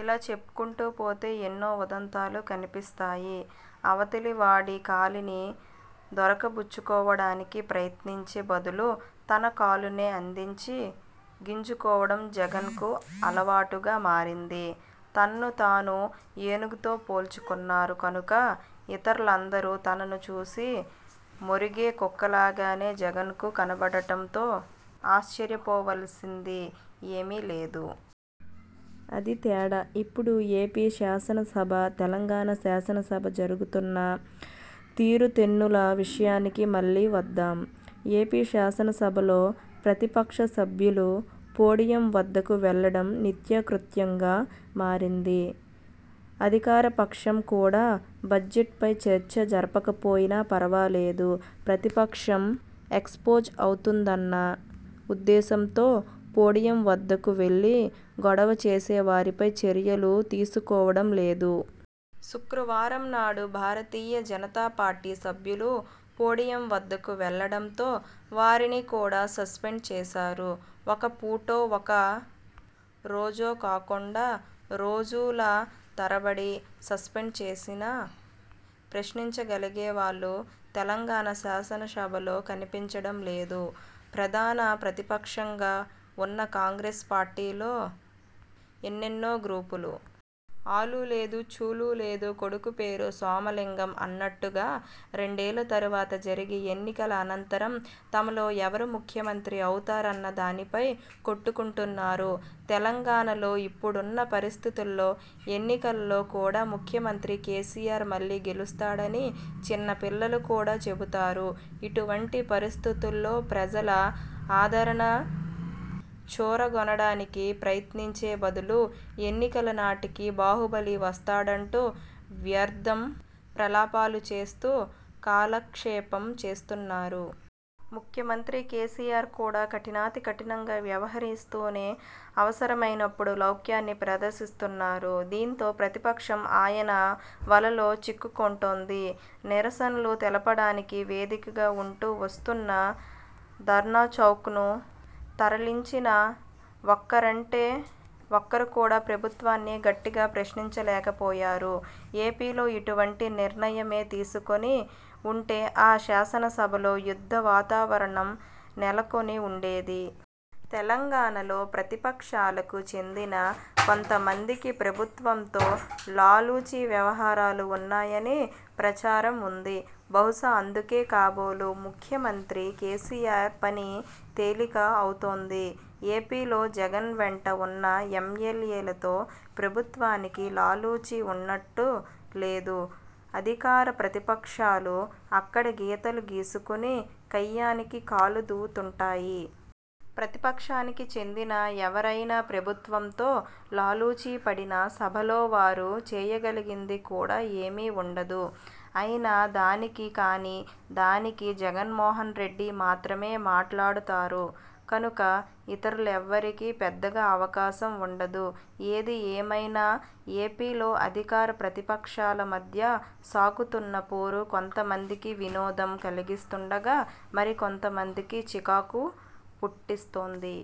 ఇలా చెప్పుకొంటూ పోతే ఎన్నో ఉదంతాలు కనిపిస్తాయి. అవతలివాడి కాలిని దొరకబుచ్చుకోవడానికి ప్రయత్నించే బదులు తన కాలునే అందించి గింజుకోవడం జగన్కు అలవాటుగా మారింది. తనను తాను ఏనుగుతో పోల్చుకున్నారు కనుక ఇతరులందరూ తనను చూసి మొరిగే కుక్కలుగానే జగన్కు కనబడటంలో ఆశ్చర్యపోవలసింది ఏమీ లేదు. అదీ తేడా! ఇప్పుడు ఏపీ శాసనసభ- తెలంగాణ శాసనసభ జరుగుతున్న తీరుతెన్నుల విషయానికి మళ్లీ వద్దాం. ఏపీ శాసనసభలో ప్రతిపక్ష సభ్యులు పోడియం వద్దకు వెళ్లడం నిత్యకృత్యంగా మారింది. అధికారపక్షం కూడా బడ్జెట్పై చర్చ జరగకపోయినా ఫర్వాలేదు. ప్రతిపక్షం ఎక్స్పోజ్ అవుతుందన్న ఉద్దేశంతో పోడియం వద్దకు వెళ్లి గొడవ చేసే వారిపై చర్యలు తీసుకోవడం లేదు. శుక్రవారంనాడు భారతీయ జనతా పార్టీ సభ్యులు పోడియం వద్దకు వెళ్లడంతో వారిని కూడా సస్పెండ్ చేశారు. ఒక పూటో, ఒక రోజో కాకుండా రోజుల తరబడి సస్పెండ్ చేసినా ప్రశ్నించగలిగేవాళ్లు తెలంగాణ శాసనసభలో కనిపించడం లేదు. ప్రధాన ప్రతిపక్షంగా ఉన్న కాంగ్రెస్ పార్టీలో ఎన్నెన్నో గ్రూపులు. 'ఆలూ లేదు చూలూ లేదు కొడుకు పేరు సోమలింగం' అన్నట్టుగా రెండేళ్ల తర్వాత జరిగే ఎన్నికల అనంతరం తమలో ఎవరు ముఖ్యమంత్రి అవుతారన్న దానిపై కొట్టుకుంటున్నారు. తెలంగాణలో ఇప్పుడున్న పరిస్థితులలో ఎన్నికలలో కూడా ముఖ్యమంత్రి కేసీఆర్ మళ్లీ గెలుస్తారని చిన్నపిల్లలు కూడా చెబుతారు. ఇటువంటి పరిస్థితులలో ప్రజల ఆదరణ చూరగొనడానికి ప్రయత్నించే బదులు ఎన్నికల నాటికి బాహుబలి వస్తాడంటూ వ్యర్థ ప్రలాపాలు చేస్తూ కాలక్షేపం చేస్తున్నారు. ముఖ్యమంత్రి కేసీఆర్ కూడా కఠినాతికఠినంగా వ్యవహరిస్తూనే అవసరమైనప్పుడు లౌక్యాన్ని ప్రదర్శిస్తున్నారు. దీంతో ప్రతిపక్షం ఆయన వలలో చిక్కుకుంటోంది. నిరసనలు తెలపడానికి వేదికగా ఉంటూ వస్తున్న ధర్నాచౌక్ను తరలించినా ఒక్కరంటే ఒక్కరు కూడా ప్రభుత్వాన్ని గట్టిగా ప్రశ్నించలేకపోయారు. ఏపీలో ఇటువంటి నిర్ణయమే తీసుకుని ఉంటే ఆ శాసనసభలో యుద్ధ వాతావరణం నెలకొని ఉండేది. తెలంగాణలో ప్రతిపక్షాలకు చెందిన కొంతమందికి ప్రభుత్వంతో లాలూచీ వ్యవహారాలు ఉన్నాయని ప్రచారం ఉంది. బహుశా అందుకే కాబోలు ముఖ్యమంత్రి కేసీఆర్ పని తేలిక అవుతోంది. ఏపీలో జగన్ వెంట ఉన్న ఎమ్మెల్యేలతో ప్రభుత్వానికి లాలూచీ ఉన్నట్టు లేదు. అధికార- ప్రతిపక్షాలు అక్కడ గీతలు గీసుకుని కయ్యానికి కాలు దువ్వుతుంటాయి. ప్రతిపక్షానికి చెందిన ఎవరైనా ప్రభుత్వంతో లాలూచీ పడినా సభలో వారు చేయగలిగింది కూడా ఏమీ ఉండదు. అయిన దానికీ, కాని దానికీ జగన్మోహన్రెడ్డి మాత్రమే మాట్లాడతారు కనుక ఇతరులెవ్వరికీ పెద్దగా అవకాశం ఉండదు. ఏదిఏమైనా ఏపీలో అధికార- ప్రతిపక్షాల మధ్య సాగుతున్న పోరు కొంతమందికి వినోదం కలిగిస్తుండగా, మరికొంతమందికి చికాకు పుట్టిస్తోంది.